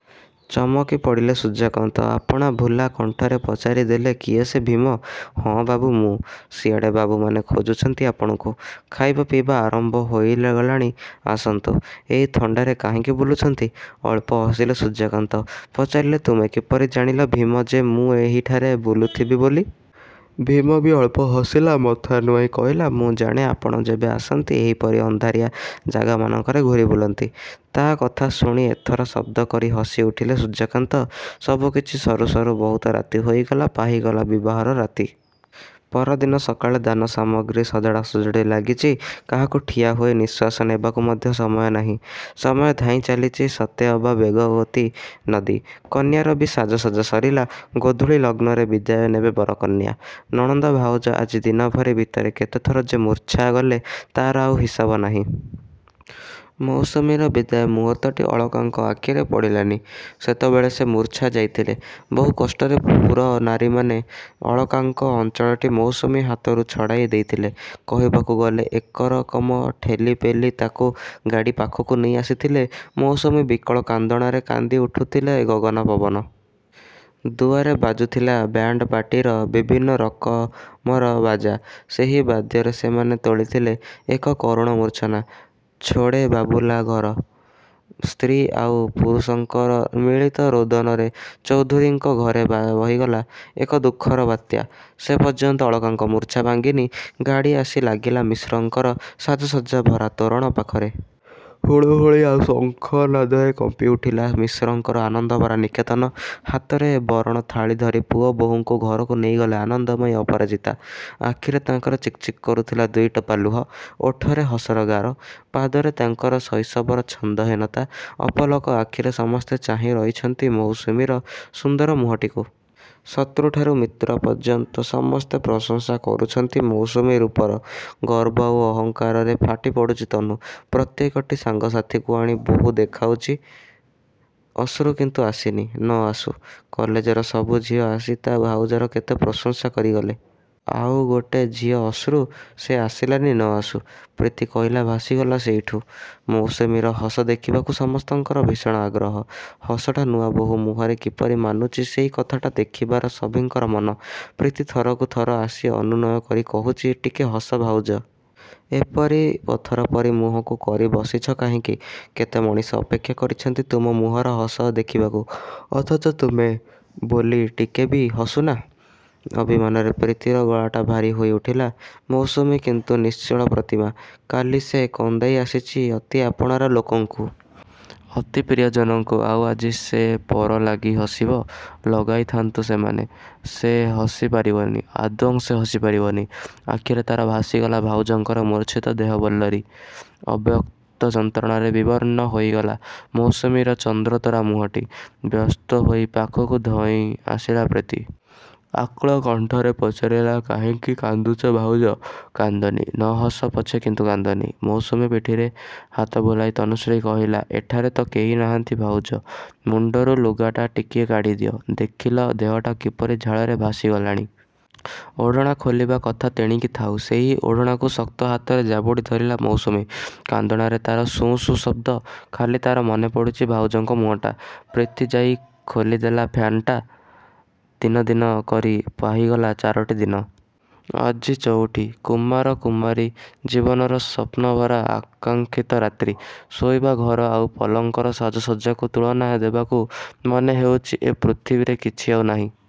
ଚମକି ପଡ଼ିଲେ ସୂର୍ଯ୍ୟକାନ୍ତ। ଆପଣା ଭୁଲା କଣ୍ଠରେ ପଚାରି ଦେଲେ କିଏ ସେ ଭୀମ? ହଁ ବାବୁ, ମୁଁ। ସିଆଡ଼େ ବାବୁମାନେ ଖୋଜୁଛନ୍ତି ଆପଣଙ୍କୁ। ଖାଇବା ପିଇବା ଆରମ୍ଭ ହୋଇଗଲାଣି ଆସନ୍ତୁ। ଏଇ ଥଣ୍ଡାରେ କାହିଁକି ବୁଲୁଛନ୍ତି? ଅଳ୍ପ ହସିଲେ ସୂର୍ଯ୍ୟକାନ୍ତ। ପଚାରିଲେ ତୁମେ କିପରି ଜାଣିଲ ଭୀମ ଯେ ମୁଁ ଏହିଠାରେ ବୁଲୁଥିବି ବୋଲି? ଭୀମ ବି ଅଳ୍ପ ହସିଲା। ମଥା ନୁଆଁଇ କହିଲା ମୁଁ ଜାଣେ ଆପଣ ଯେବେ ଆସନ୍ତି, ଏହିପରି ଅନ୍ଧାରିଆ ଜାଗାମାନଙ୍କରେ ଘୂରି ବୁଲନ୍ତି। ତା' କଥା ଶୁଣି ଏଥର ଶବ୍ଦ କରି ହସି ଉଠିଲେ ସୂର୍ଯ୍ୟକାନ୍ତ। ସବୁକିଛି ସରୁ ସରୁ ବହୁତ ରାତି ହୋଇଗଲା। ପାହିଗଲା ବିବାହର ରାତି। ପରଦିନ ସକାଳେ ଦାନ ସାମଗ୍ରୀ ସଜଡ଼ା ସଜଡ଼ି ଲାଗିଛି। କାହାକୁ ଠିଆ ହୋଇ ନିଃଶ୍ୱାସ ନେବାକୁ ମଧ୍ୟ ସମୟ ନାହିଁ। ସମୟ ଧାଇଁ ଚାଲିଛି, ସତେଅବା ବେଗବତୀ ନଦୀ। କନ୍ୟାର ବି ସାଜସଜ୍ଜା ସରିଲା। ଗୋଧୂଳି ଲଗ୍ନରେ ବିଦାୟ ନେବେ ବର କନ୍ୟା। ନଣନ୍ଦ ଭାଉଜ ଆଜି ଦିନଭରି ଭିତରେ କେତେଥର ଯେ ମୂର୍ଚ୍ଛା ଗଲେ ତା'ର ଆଉ ହିସାବ ନାହିଁ। ମୌସୁମୀର ବିଦାୟ ମୁହୂର୍ତ୍ତଟି ଅଳକାଙ୍କ ଆଖିରେ ପଡ଼ିଲାନି। ସେତେବେଳେ ସେ ମୂର୍ଚ୍ଛା ଯାଇଥିଲେ। ବହୁ କଷ୍ଟରେ ପୁରନାରୀମାନେ ଅଳକାଙ୍କ ଅଞ୍ଚଳଟି ମୌସୁମୀ ହାତରୁ ଛଡ଼ାଇ ଦେଇଥିଲେ। କହିବାକୁ ଗଲେ ଏକରକମ ଠେଲିପେଲି ତାକୁ ଗାଡ଼ି ପାଖକୁ ନେଇ ଆସିଥିଲେ। ମୌସୁମୀ ବିକଳ କାନ୍ଦଣାରେ କାନ୍ଦି ଉଠୁଥିଲେ ଗଗନ ପବନ। ଦୁଆରେ ବାଜୁଥିଲା ବ୍ୟାଣ୍ଡପାର୍ଟିର ବିଭିନ୍ନ ରକମର ବାଜା। ସେହି ବାଦ୍ୟରେ ସେମାନେ ତୋଳିଥିଲେ ଏକ କରୁଣ ମୂର୍ଚ୍ଛନା। ଛୋଡ଼େ ବାବୁଲ୍କା ଘର। ସ୍ତ୍ରୀ ଆଉ ପୁରୁଷଙ୍କର ମିଳିତ ରୋଦନରେ ଚୌଧୁରୀଙ୍କ ଘରେ ବହିଗଲା ଏକ ଦୁଃଖର ବାତ୍ୟା। ସେପର୍ଯ୍ୟନ୍ତ ଅଳକାଙ୍କ ମୂର୍ଚ୍ଛା ଭାଙ୍ଗିନି। ଗାଡ଼ି ଆସି ଲାଗିଲା ମିଶ୍ରଙ୍କର ସାଜସଜ୍ଜା ଭରା ତୋରଣ ପାଖରେ। ହୁଳହୁଳି ଆଉ ଶଙ୍ଖ ନାଦରେ କମ୍ପି ଉଠିଲା ମିଶ୍ରଙ୍କର ଆନନ୍ଦଭରା ନିକେତନ। ହାତରେ ବରଣ ଥାଳି ଧରି ପୁଅ ବୋହୂଙ୍କୁ ଘରକୁ ନେଇଗଲେ ଆନନ୍ଦମୟୀ ଅପରାଜିତା। ଆଖିରେ ତାଙ୍କର ଚିକ୍‌ଚିକ୍ କରୁଥିଲା ଦୁଇଟୋପା ଲୁହ। ଓଠରେ ହସର ଗାର। ପାଦରେ ତାଙ୍କର ଶୈଶବର ଛନ୍ଦହୀନତା। ଅପଲକ ଆଖିରେ ସମସ୍ତେ ଚାହିଁ ରହିଛନ୍ତି ମୌସୁମୀର ସୁନ୍ଦର ମୁହଁଟିକୁ। ଶତ୍ରୁଠାରୁ ମିତ୍ର ପର୍ଯ୍ୟନ୍ତ ସମସ୍ତେ ପ୍ରଶଂସା କରୁଛନ୍ତି ମୌସୁମୀ ରୂପର। ଗର୍ବ ଆଉ ଅହଙ୍କାରରେ ଫାଟି ପଡ଼ୁଛି ତନୁ। ପ୍ରତ୍ୟେକଟି ସାଙ୍ଗସାଥିକୁ ଆଣି ବୋହୂ ଦେଖାଉଛି। ଅଶ୍ରୁ କିନ୍ତୁ ଆସିନି। ନ ଆସୁ, କଲେଜର ସବୁ ଝିଅ ଆସି ତା' ଭାଉଜର କେତେ ପ୍ରଶଂସା କରିଗଲେ। ଆଉ ଗୋଟେ ଝିଅ ଅଶ୍ରୁ, ସେ ଆସିଲାନି ନ ଆସୁ। ପ୍ରୀତି କହିଲା ଭାସିଗଲା ସେଇଠୁ। ମୌସୁମୀର ହସ ଦେଖିବାକୁ ସମସ୍ତଙ୍କର ଭୀଷଣ ଆଗ୍ରହ। ହସଟା ନୂଆବୋଉ ମୁହଁରେ କିପରି ମାନୁଛି ସେଇ କଥାଟା ଦେଖିବାର ସଭିଙ୍କର ମନ। ପ୍ରୀତି ଥରକୁ ଥର ଆସି ଅନୁନୟ କରି କହୁଛି – ଟିକେ ହସ ଭାଉଜ। ଏପରି ପଥର ପରି ମୁହଁକୁ କରି ବସିଛ କାହିଁକି? କେତେ ମଣିଷ ଅପେକ୍ଷା କରିଛନ୍ତି ତୁମ ମୁହଁର ହସ ଦେଖିବାକୁ, ଅଥଚ ତୁମେ ବୋଲି ଟିକେ ବି ହସୁନା। ଅଭିମାନରେ ପ୍ରୀତିର ଗଳାଟା ଭାରି ହୋଇ ଉଠିଲା। ମୌସୁମୀ କିନ୍ତୁ ନିଶ୍ଚଳ ପ୍ରତିମା। କାଲି ସେ କନ୍ଦାଇ ଆସିଛି ଅତି ଆପଣାର ଲୋକଙ୍କୁ। ଅତି ପ୍ରିୟଜନଙ୍କୁ। ଆଉ ଆଜି ସେ ପର ଲାଗି ହସିବ? ଲଗାଇଥାନ୍ତୁ ସେମାନେ, ସେ ହସି ପାରିବନି। ଆଦୌ ସେ ହସି ପାରିବନି। ଆଖିରେ ତା'ର ଭାସିଗଲା ଭାଉଜଙ୍କର ମୂର୍ଚ୍ଛିତ ଦେହବଲ୍ଲରୀ। ଅବ୍ୟକ୍ତ ଯନ୍ତ୍ରଣାରେ ବିବର୍ଣ୍ଣ ହୋଇଗଲା ମୌସୁମୀର ଚନ୍ଦ୍ରତୋରା ମୁହଁଟି। ବ୍ୟସ୍ତ ହୋଇ ପାଖକୁ ଧାଇଁ ଆସିଲା ପ୍ରୀତି। ଆକୁଳ କଣ୍ଠରେ ପଚାରିଲା କାହିଁକି କାନ୍ଦୁଛ ଭାଉଜ? କାନ୍ଦନି। ନ ହସ ପଛେ କିନ୍ତୁ କାନ୍ଦନି। ମୌସୁମୀ ପିଠିରେ ହାତ ବୁଲାଇ ତନୁଶ୍ରୀ କହିଲା ଏଠାରେ ତ କେହି ନାହାନ୍ତି ଭାଉଜ ମୁଣ୍ଡରୁ ଲୁଗାଟା ଟିକିଏ କାଢ଼ି ଦିଅ। ଦେଖିଲ, ଦେହଟା କିପରି ଝାଳରେ ଭାସି ଗଲାଣି। ଓଢ଼ଣା ଖୋଲିବା କଥା ତେଣିକି ଥାଉ, ସେହି ଓଢ଼ଣାକୁ ଶକ୍ତ ହାତରେ ଜାବୁଡ଼ି ଧରିଲା ମୌସୁମୀ। କାନ୍ଦଣାରେ ତା'ର ସୁଁ ସୁଁ ଶବ୍ଦ। ଖାଲି ତା'ର ମନେ ପଡ଼ୁଛି ଭାଉଜଙ୍କ ମୁହଁଟା। ପ୍ରୀତି ଯାଇ ଖୋଲି ଦେଲା ଫ୍ୟାନ୍‌ଟା। ଦିନ ଦିନ କରି ପାହିଗଲା ଚାରୋଟି ଦିନ। ଆଜି ଚଉଠି। କୁମାର କୁମାରୀ ଜୀବନର ସ୍ୱପ୍ନଭରା ଆକାଂକ୍ଷିତ ରାତ୍ରୀ। ଶୋଇବା ଘର ଆଉ ପଲଙ୍କର ସାଜସଜ୍ଜାକୁ ତୁଳନା ଦେବାକୁ ମନେ ହେଉଛି ଏ ପୃଥିବୀରେ କିଛି ଆଉ ନାହିଁ।